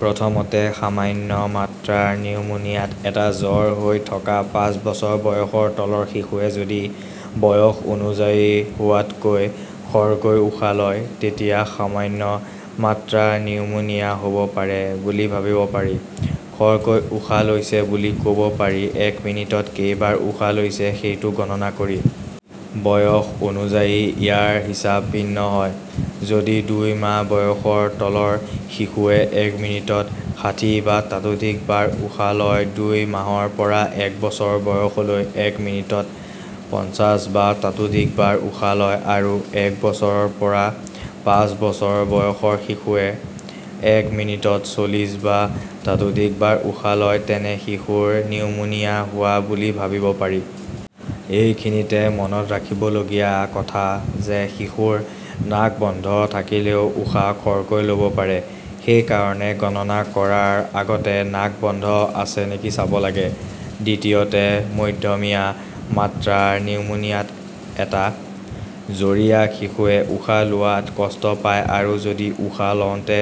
প্ৰথমতে, সামান্য মাত্ৰাৰ নিউমোনিয়াত এটা জ্বৰ হৈ থকা পাঁচ বছৰ বয়সৰ তলৰ শিশুৱে যদি বয়স অনুযায়ী হোৱাতকৈ খৰকৈ উশাহ লয়, তেতিয়া সামান্য মাত্ৰাৰ নিউমোনিয়া হ'ব পাৰে বুলি ভাবিব পাৰি। খৰকৈ উশাহ লৈছে বুলি ক'ব পাৰি এক মিনিটত কেইবাৰ উশাহ লৈছে সেইটো গণনা কৰি। বয়স অনুযায়ী ইয়াৰ হিচাপ ভিন্ন হয়। যদি দুই মাহ বয়সৰ তলৰ শিশুৱে এক মিনিটত ষাঠি বা ততোধিক বাৰ উশাহ লয়, দুই মাহৰ পৰা এক বছৰ বয়সলৈ এক মিনিটত পঞ্চাশ বা ততোধিক বাৰ উশাহ লয় আৰু এক বছৰৰ পৰা পাঁচ বছৰ বয়সৰ শিশুৱে এক মিনিটত চল্লিছ বা ততোধিক বাৰ উশাহ লয়, তেনে শিশুৰ নিউমোনিয়া হোৱা বুলি ভাবিব পাৰি। এইখিনিতে মনত ৰাখিবলগীয়া কথা যে শিশুৰ নাক বন্ধ থাকলেও উশাহ খৰকৈ ল'ব পাৰে, সেইকাৰণে গণনা কৰাৰ আগতে নাক বন্ধ আছে নেকি চাব লাগে। দ্বিতীয়তে, মধ্যমীয়া মাত্ৰাৰ নিউমোনিয়াত এটা জ্বৰীয়া শিশুৱে উশাহ লোৱাত কষ্ট পায় আৰু যদি উশাহ লওঁতে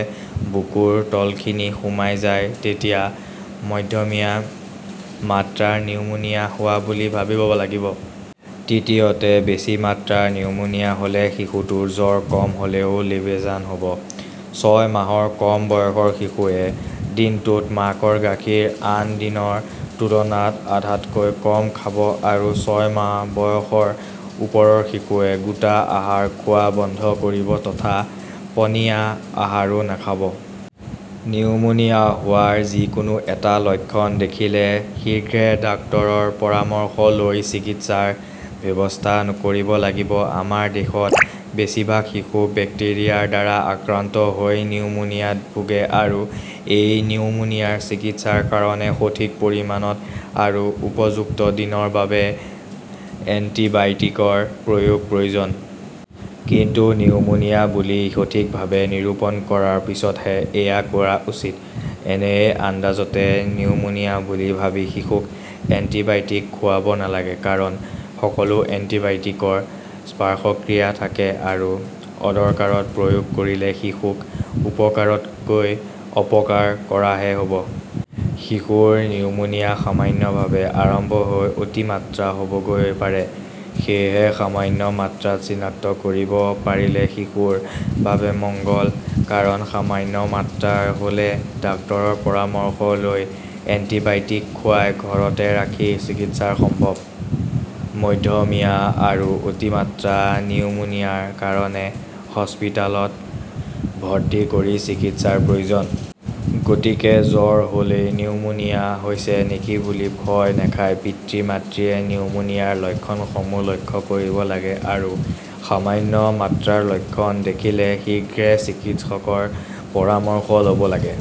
বুকুৰ তলখিনি সোমাই যায়, তেতিয়া মধ্যমীয়া মাত্ৰাৰ নিউমোনিয়া হোৱা বুলি ভাবিব লাগিব। তৃতীয়তে, বেছি মাত্ৰাৰ নিউমোনিয়া হ'লে শিশুটোৰ জ্বৰ কম হ'লেও লেবেজান হ'ব। ছয় মাহৰ কম বয়সৰ শিশুৱে দিনটোত মাকৰ গাখীৰ আন দিনৰ তুলনাত আধাতকৈ কম খাব আৰু ছয় মাহ বয়সৰ ওপৰৰ শিশুৱে গোটা আহাৰ খোৱা বন্ধ কৰিব তথা পনীয়া আহাৰো নাখাব। নিউমোনিয়া হোৱাৰ যিকোনো এটা লক্ষণ দেখিলে শীঘ্ৰে ডাক্তৰৰ পৰামৰ্শ লৈ চিকিৎসাৰ ব্যৱস্থা কৰিব লাগিব। আমাৰ দেশত বেছিভাগ শিশু বেক্টেৰিয়াৰ দ্বাৰা আক্ৰান্ত হৈ নিউমোনিয়াত ভোগে আৰু এই নিউমোনিয়াৰ চিকিৎসাৰ কাৰণে সঠিক পৰিমাণত আৰু উপযুক্ত দিনৰ বাবে এন্টিবায়'টিকৰ প্ৰয়োগ প্ৰয়োজন। কিন্তু নিউমোনিয়া বুলি সঠিকভাৱে নিৰূপণ কৰাৰ পিছতহে এইয়া কৰা উচিত। এনেয়ে আন্দাজতে নিউমোনিয়া বুলি ভাবি শিশুক এন্টিবায়'টিক খুৱাব নালাগে, কাৰণ সকলো এন্টিবায়'টিকৰ পাৰ্শ্বক্ৰিয়া থাকে আৰু অদৰকাৰত প্ৰয়োগ কৰিলে শিশুক উপকাৰতকৈ অপকাৰ কৰাহে হ'ব। শিশুৰ নিউমোনিয়া সামান্যভাৱে আৰম্ভ হৈ অতিমাত্ৰা হ'বগৈ পাৰে। সেয়েহে সামান্য মাত্ৰাত চিনাক্ত কৰিব পাৰিলে শিশুৰ বাবে মঙ্গল, কাৰণ সামান্য মাত্ৰাৰ হ'লে ডাক্তৰৰ পৰামৰ্শ লৈ এন্টিবায়'টিক খুৱাই ঘৰতে ৰাখি চিকিৎসা সম্ভৱ। মধ্যমীয়া আৰু অতিমাত্ৰা নিউমোনিয়াৰ কাৰণে হস্পিটেলত ভৰ্তি কৰি চিকিৎসাৰ প্ৰয়োজন। গতিকে জ্বৰ হ'লেই নিউমোনিয়া হৈছে নেকি বুলি ভয় নাখাই পিতৃ-মাতৃয়ে নিউমোনিয়াৰ লক্ষণসমূহ লক্ষ্য কৰিব লাগে আৰু সামান্য মাত্ৰাৰ লক্ষণ দেখিলে শীঘ্ৰে চিকিৎসকৰ পৰামৰ্শ ল'ব লাগে।